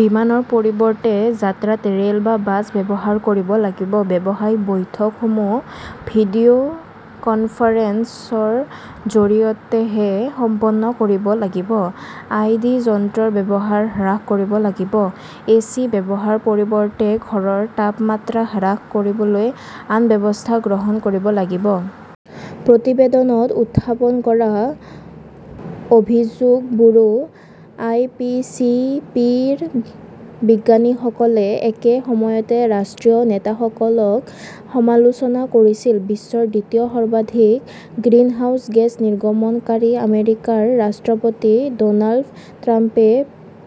বিমানৰ পৰিৱৰ্তে যাত্ৰাত ৰে'ল বা বাছ ব্যৱহাৰ কৰিব লাগিব। ব্যৱসায়িক বৈঠকসমূহ ভিডিঅ' কনফাৰেন্সৰ জৰিয়তেহে সম্পন্ন কৰিব লাগিব। আই. ডি. যন্ত্ৰৰ ব্যৱহাৰ হ্ৰাস কৰিব লাগিব। এচি ব্যৱহাৰৰ পৰিৱৰ্তে ঘৰৰ তাপমাত্ৰা হ্ৰাস কৰিবলৈ আন ব্যৱস্থা গ্ৰহণ কৰিব লাগিব। প্ৰতিবেদনত উত্থাপন কৰা অভিযোগবোৰো আই. পি. চি. পি. ৰ বিজ্ঞানীসকলে একে সময়তে ৰাষ্ট্ৰীয় নেতাসকলক সমালোচনা কৰিছিল। বিশ্বৰ দ্বিতীয় সৰ্বাধিক গ্ৰিনহাউজ গেছ নিৰ্গমনকাৰী আমেৰিকাৰ ৰাষ্ট্ৰপতি ড'নাল্ড ট্ৰাম্পে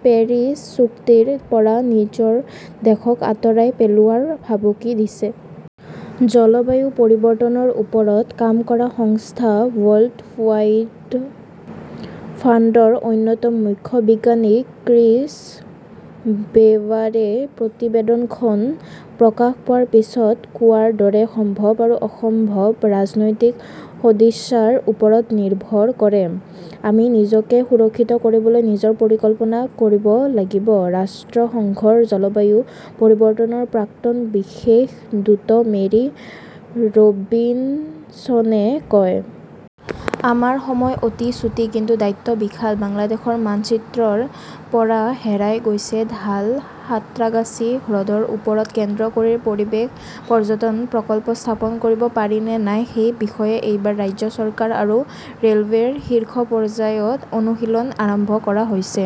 পেৰিছ চুক্তিৰ পৰা নিজৰ দেশক আঁতৰাই পেলোৱাৰ ভাবুকি দিছে। জলবায়ু পৰিৱৰ্তনৰ ওপৰত কাম কৰা সংস্থা ৱৰ্ল্ড ৱাইল্ড ফাণ্ডৰ অন্যতম মুখ্য বিজ্ঞানী ক্ৰিছ ৱেবাৰে প্ৰতিবেদনখন প্ৰকাশ পোৱাৰ পিছত কোৱাৰ দৰে, সম্ভৱ আৰু অসম্ভৱ ৰাজনৈতিক সদিচ্ছাৰ ওপৰত নিৰ্ভৰ কৰে। "আমি নিজকে সুৰক্ষিত কৰিবলৈ নিজৰ পৰিকল্পনা কৰিব লাগিব", ৰাষ্ট্ৰসংঘৰ জলবায়ু পৰিৱৰ্তনৰ প্ৰাক্তন বিশেষ দূত মেৰী ৰবিনছনে কয়। "আমাৰ সময় অতি চুটি, কিন্তু দায়িত্ব বিশাল।" বাংলাদেশৰ মানচিত্ৰৰ পৰা হেৰাই গৈছে ঢাল সাঁত্ৰাগাছী হ্ৰদৰ ওপৰত কেন্দ্ৰ কৰি পৰিৱেশ পৰ্যটন প্ৰকল্প স্থাপন কৰিব পাৰি নে নাই সেই বিষয়ে এইবাৰ ৰাজ্য চৰকাৰ আৰু ৰে'লৱেৰ শীৰ্ষ পৰ্যায়ত অনুশীলন আৰম্ভ কৰা হৈছে।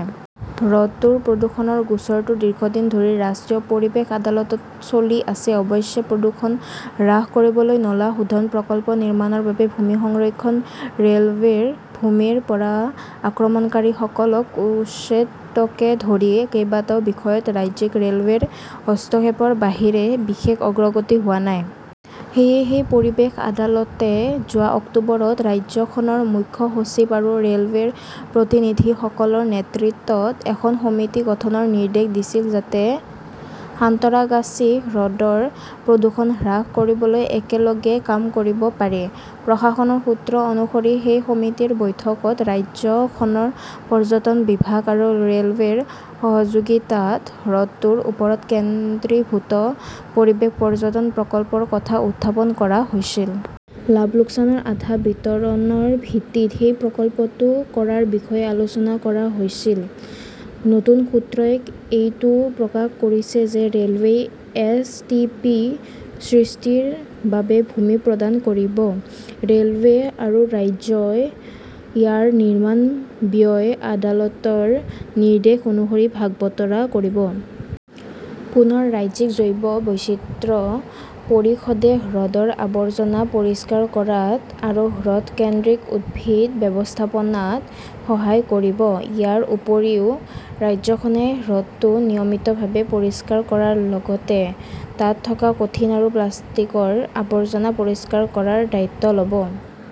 হ্ৰদটোৰ প্ৰদূষণৰ গোচৰটো দীৰ্ঘদিন ধৰি ৰাষ্ট্ৰীয় পৰিৱেশ আদালতত চলি আছে। অৱশ্যে, প্ৰদূষণ হ্ৰাস কৰিবলৈ নলা শোধন প্ৰকল্প নিৰ্মাণৰ বাবে ভূমি সংৰক্ষণ, ৰে 'লৱেৰ ভূমিৰ পৰা আক্ৰমণকাৰীসকলক উচ্ছেদকে ধৰি কেইবাটাও বিষয়ত ৰাজ্যিক ৰে'লৱেৰ হস্তক্ষেপৰ বাহিৰে বিশেষ অগ্ৰগতি হোৱা নাই। সেয়েহে পৰিৱেশ আদালতে যোৱা অক্টোবৰত ৰাজ্যখনৰ মুখ্য সচিব আৰু ৰে'লৱেৰ প্ৰতিনিধিসকলৰ নেতৃত্বত এখন সমিতি গঠনৰ নিৰ্দেশ দিছিল যাতে সন্তৰাগাছী হ্ৰদৰ প্ৰদূষণ হ্ৰাস কৰিবলৈ একেলগে কাম কৰিব পাৰি। প্ৰশাসনৰ সূত্ৰ অনুসৰি সেই সমিতিৰ বৈঠকত ৰাজ্যখনৰ পৰ্যটন বিভাগ আৰু ৰে'লৱেৰ সহযোগিতাত হ্ৰদটোৰ ওপৰত কেন্দ্ৰীভূত পৰিৱেশ পৰ্যটন প্ৰকল্পৰ কথা উত্থাপন কৰা হৈছিল। লাভ-লোকচানৰ আধা বিতৰণ ৰ ভিত্তিত সেই প্ৰকল্পটো কৰাৰ বিষয়ে আলোচনা কৰা হৈছিল। নতুন সূত্ৰয়ে এইটোও প্ৰকাশ কৰিছে যে ৰে'লৱেই এছ. টি. পি. সৃষ্টিৰ বাবে ভূমি প্ৰদান কৰিব। ৰে'লৱে আৰু ৰাজ্যই ইয়াৰ নিৰ্মাণ ব্যয় আদালতৰ নিৰ্দেশ অনুসৰি ভাগ-বতৰা কৰিব। পুনৰ, ৰাজ্যিক জৈৱ বৈচিত্ৰ্য পৰিষদে হ্ৰদৰ আৱৰ্জনা পৰিষ্কাৰ কৰাত আৰু হ্ৰদ-কেন্দ্ৰিক উদ্ভিদ ব্যৱস্থাপনাত সহায় কৰিব। ইয়াৰ উপৰিও, ৰাজ্যখনে হ্ৰদটো নিয়মিতভাৱে পৰিষ্কাৰ কৰাৰ লগতে তাত থকা কঠিন আৰু প্লাষ্টিকৰ আৱৰ্জনা পৰিষ্কাৰ কৰাৰ দায়িত্ব ল'ব।